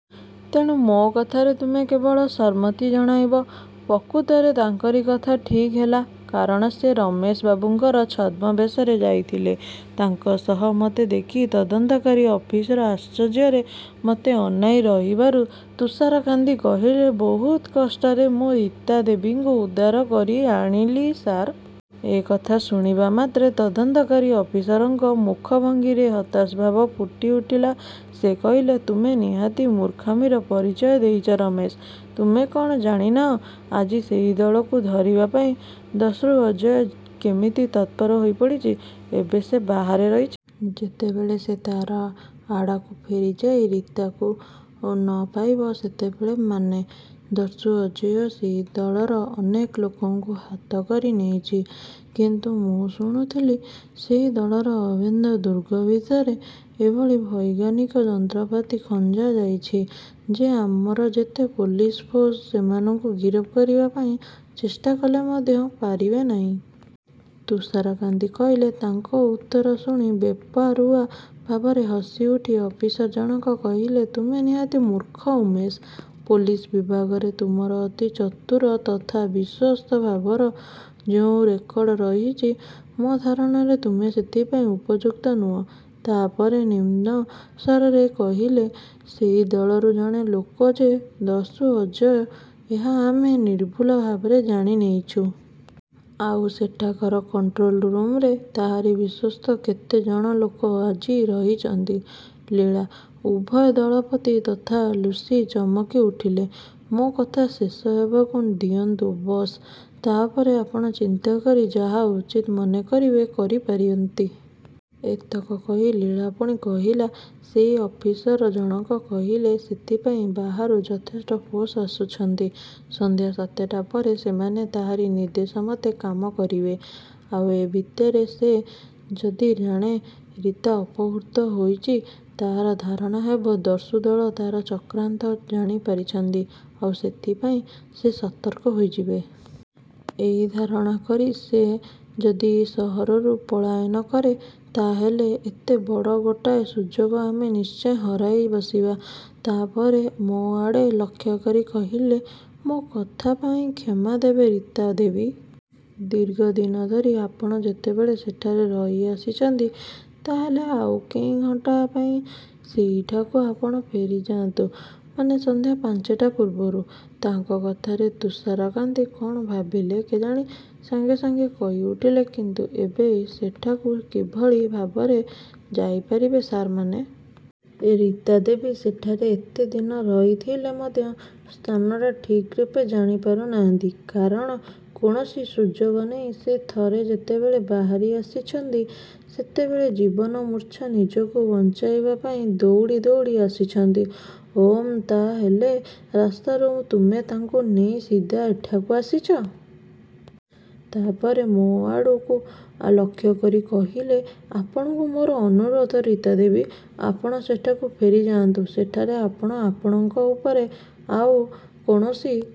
ତେଣୁ ମୋ କଥାରେ ତୁମେ କେବଳ ସମ୍ମତି ଜଣାଇବ। ପ୍ରକୃତରେ ତାଙ୍କରି କଥା ଠିକ୍ ହେଲା। କାରଣ ସେ ରମେଶ ବାବୁଙ୍କର ଛଦ୍ମବେଶରେ ଯାଇଥିଲେ। ତାଙ୍କ ସହ ମୋତେ ଦେଖି ତଦନ୍ତକାରୀ ଅଫିସର ଆଶ୍ଚର୍ଯ୍ୟରେ ମୋତେ ଅନାଇ ରହିବାରୁ ତୁଷାରକାନ୍ତି କହିଲେ ବହୁତ କଷ୍ଟରେ ମୁଁ ରୀତା ଦେବୀଙ୍କୁ ଉଦ୍ଧାର କରି ଆଣିଲି ସାର୍। ଏହି କଥା ଶୁଣିବା ମାତ୍ରେ ତଦନ୍ତକାରୀ ଅଫିସରଙ୍କର ମୁଖଭଙ୍ଗୀରେ ହତାଶଭାବ ଫୁଟିଉଠିଲା। ସେ କହିଲେ ତୁମେ ନିହାତି ମୂର୍ଖାମିର ପରିଚୟ ଦେଇଛ ରମେଶ। ତୁମେ କ’ଣ ଜାଣିନାହଁ ଆଜି ସେହି ଦଳକୁ ଧରିବା ପାଇଁ ଦସ୍ୟୁ ଅଜୟ କେମିତି ତତ୍ପର ହୋଇପଡ଼ିଛି? ଏବେ ସେ ବାହାରେ ରହିଛି। ଯେତେବେଳେ ସେ ତା’ର ଆଡ଼୍ଡାକୁ ଫେରିଯାଇ ରୀତାକୁ ନ ପାଇବ ସେତେବେଳେ ମାନେ, ଦସ୍ୟୁ ଅଜୟ ସେହି ଦଳର ଅନେକ ଲୋକଙ୍କୁ ହାତକରି ନେଇଛି। କିନ୍ତୁ ମୁଁ ଶୁଣୁଥିଲି ସେହି ଦଳର ଅଭେଦ୍ୟ ଦୁର୍ଗ ଭିତରେ ଏଭଳି ବୈଜ୍ଞାନିକ ଯନ୍ତ୍ରପାତି ଖଞ୍ଜାଯାଇଛି ଯେ ଆମର ଯେତେ ପୋଲିସ ଫୋର୍ସ ସେମାନଙ୍କୁ ଗିରଫ କରିବା ପାଇଁ ଚେଷ୍ଟା କଲେ ମଧ୍ୟ ପାରିବେ ନାହିଁ। ତୁଷାରକାନ୍ତି କହିଲେ। ତାଙ୍କ ଉତ୍ତର ଶୁଣି ବେପରୁଆ ଭାବରେ ହସିଉଠି ଅଫିସର ଜଣକ କହିଲେ ତୁମେ ନିହାତି ମୂର୍ଖ ଉମେଶ! ପୋଲିସ ବିଭାଗରେ ତୁମର ଅତି ଚତୁର ତଥା ବିଶ୍ୱସ୍ତ ଭାବର ଯେଉଁ ରେକର୍ଡ ରହିଛି ମୋ ଧାରଣାରେ ତୁମେ ସେଥିପାଇଁ ଉପଯୁକ୍ତ ନୁହଁ। ତା’ ପରେ ନିମ୍ନ ସ୍ୱରରେ କହିଲେ ସେହି ଦଳରୁ ଜଣେ ଲୋକ ଯେ ଦସ୍ୟୁ ଅଜୟ ଏହା ଆମେ ନିର୍ଭୁଲ ଭାବରେ ଜାଣିନେଇଛୁ। ଆଉ ସେଠାକାର କଣ୍ଟ୍ରୋଲ୍ ରୁମ୍‌ରେ ତାହାରି ବିଶ୍ୱସ୍ତ କେତେ ଜଣ ଲୋକ ଆଜି ରହୁଛନ୍ତି। ଲୀଳା, ଉଭୟ ଦଳପତି ତଥା ଲୁସି ଚମକିଉଠିଲେ। ମୋ କଥା ଶେଷ ହେବାକୁ ଦିଅନ୍ତୁ ବସ୍। ତା’ ପରେ ଆପଣ ଚିନ୍ତା କରି ଯାହା ଉଚିତ୍ ମନେ କରିବେ କରିପାରନ୍ତି। ଏତକ କହି ଲୀଳା ପୁଣି କହିଲା ସେହି ଅଫିସର ଜଣକ କହିଲେ ସେଥିପାଇଁ ବାହାରୁ ଯଥେଷ୍ଟ ଫୋର୍ସ ଆସୁଛନ୍ତି। ସନ୍ଧ୍ୟା ସାତଟା ପରେ ସେମାନେ ତାହାରି ନିର୍ଦ୍ଦେଶ ମତେ କାମ କରିବେ। ଆଉ ଏ ଭିତରେ ସେ ଯଦି ଜାଣେ ରୀତା ଅପହୃତ ହୋଇଛି ତାହାର ଧାରଣା ହେବ ଦସ୍ୟୁଦଳ ତା’ର ଚକ୍ରାନ୍ତ ଜାଣିପାରିଛନ୍ତି ଆଉ ସେଥିପାଇଁ ସେ ସତର୍କ ହୋଇଯିବେ। ଏହି ଧାରଣା କରି ସେ ଯଦି ଏ ସହରରୁ ପଳାୟନ କରେ ତା’ ହେଲେ ଏତେ ବଡ଼ ଗୋଟାଏ ସୁଯୋଗ ଆମେ ନିଶ୍ଚୟ ହରାଇ ବସିବା। ତା’ ପରେ ମୋ ଆଡ଼େ ଲକ୍ଷ୍ୟ କରି କହିଲେ ମୋ କଥା ପାଇଁ କ୍ଷମା ଦେବେ ରୀତା ଦେବୀ। ଦୀର୍ଘଦିନ ଧରି ଆପଣ ଯେତେବେଳେ ସେଠାରେ ରହିଆସିଛନ୍ତି ତା’ ହେଲେ ଆଉ କେଇ ଘଣ୍ଟା ପାଇଁ ସେହିଠାକୁ ଆପଣ ଫେରିଯାଆନ୍ତୁ। ମାନେ ସନ୍ଧ୍ୟା ପାଞ୍ଚଟା ପୂର୍ବରୁ। ତାଙ୍କ କଥାରେ ତୁଷାରକାନ୍ତି କ’ଣ ଭାବିଲେ କେଜାଣି ସାଙ୍ଗେ ସାଙ୍ଗେ କହିଉଠିଲେ କିନ୍ତୁ ଏବେ ସେଠାକୁ କିଭଳି ଭାବରେ ଯାଇପାରିବେ ସାର୍ ମାନେ। ରୀତା ଦେବୀ ସେଠାରେ ଏତେ ଦିନ ରହିଥିଲେ ମଧ୍ୟ ସ୍ଥାନଟା ଠିକ୍ ରୂପେ ଜାଣିପାରୁନାହାନ୍ତି। କାରଣ କୌଣସି ସୁଯୋଗ ନେଇ ସେ ଥରେ ଯେତେବେଳେ ବାହାରି ଆସିଛନ୍ତି ସେତେବେଳେ ଜୀବନମୂର୍ଚ୍ଛା ନିଜକୁ ବଞ୍ଚାଇବା ପାଇଁ ଦୌଡ଼ି ଦୌଡ଼ି ଆସିଛନ୍ତି। ଓଃ ତା’ ହେଲେ ରାସ୍ତାରୁ ତୁମେ ତାଙ୍କୁ ନେଇ ସିଧା ଏଠାକୁ ଆସିଛ। ତା’ ପରେ ମୋ ଆଡ଼କୁ ଲକ୍ଷ୍ୟ କରି କହିଲେ ଆପଣଙ୍କୁ ମୋର ଅନୁରୋଧ ରୀତା ଦେବୀ ଆପଣ ସେଠାକୁ ଫେରିଯାଆନ୍ତୁ। ସେଠାରେ ଆପଣ ଆପଣଙ୍କ ଉପରେ ଆଉ କୌଣସି-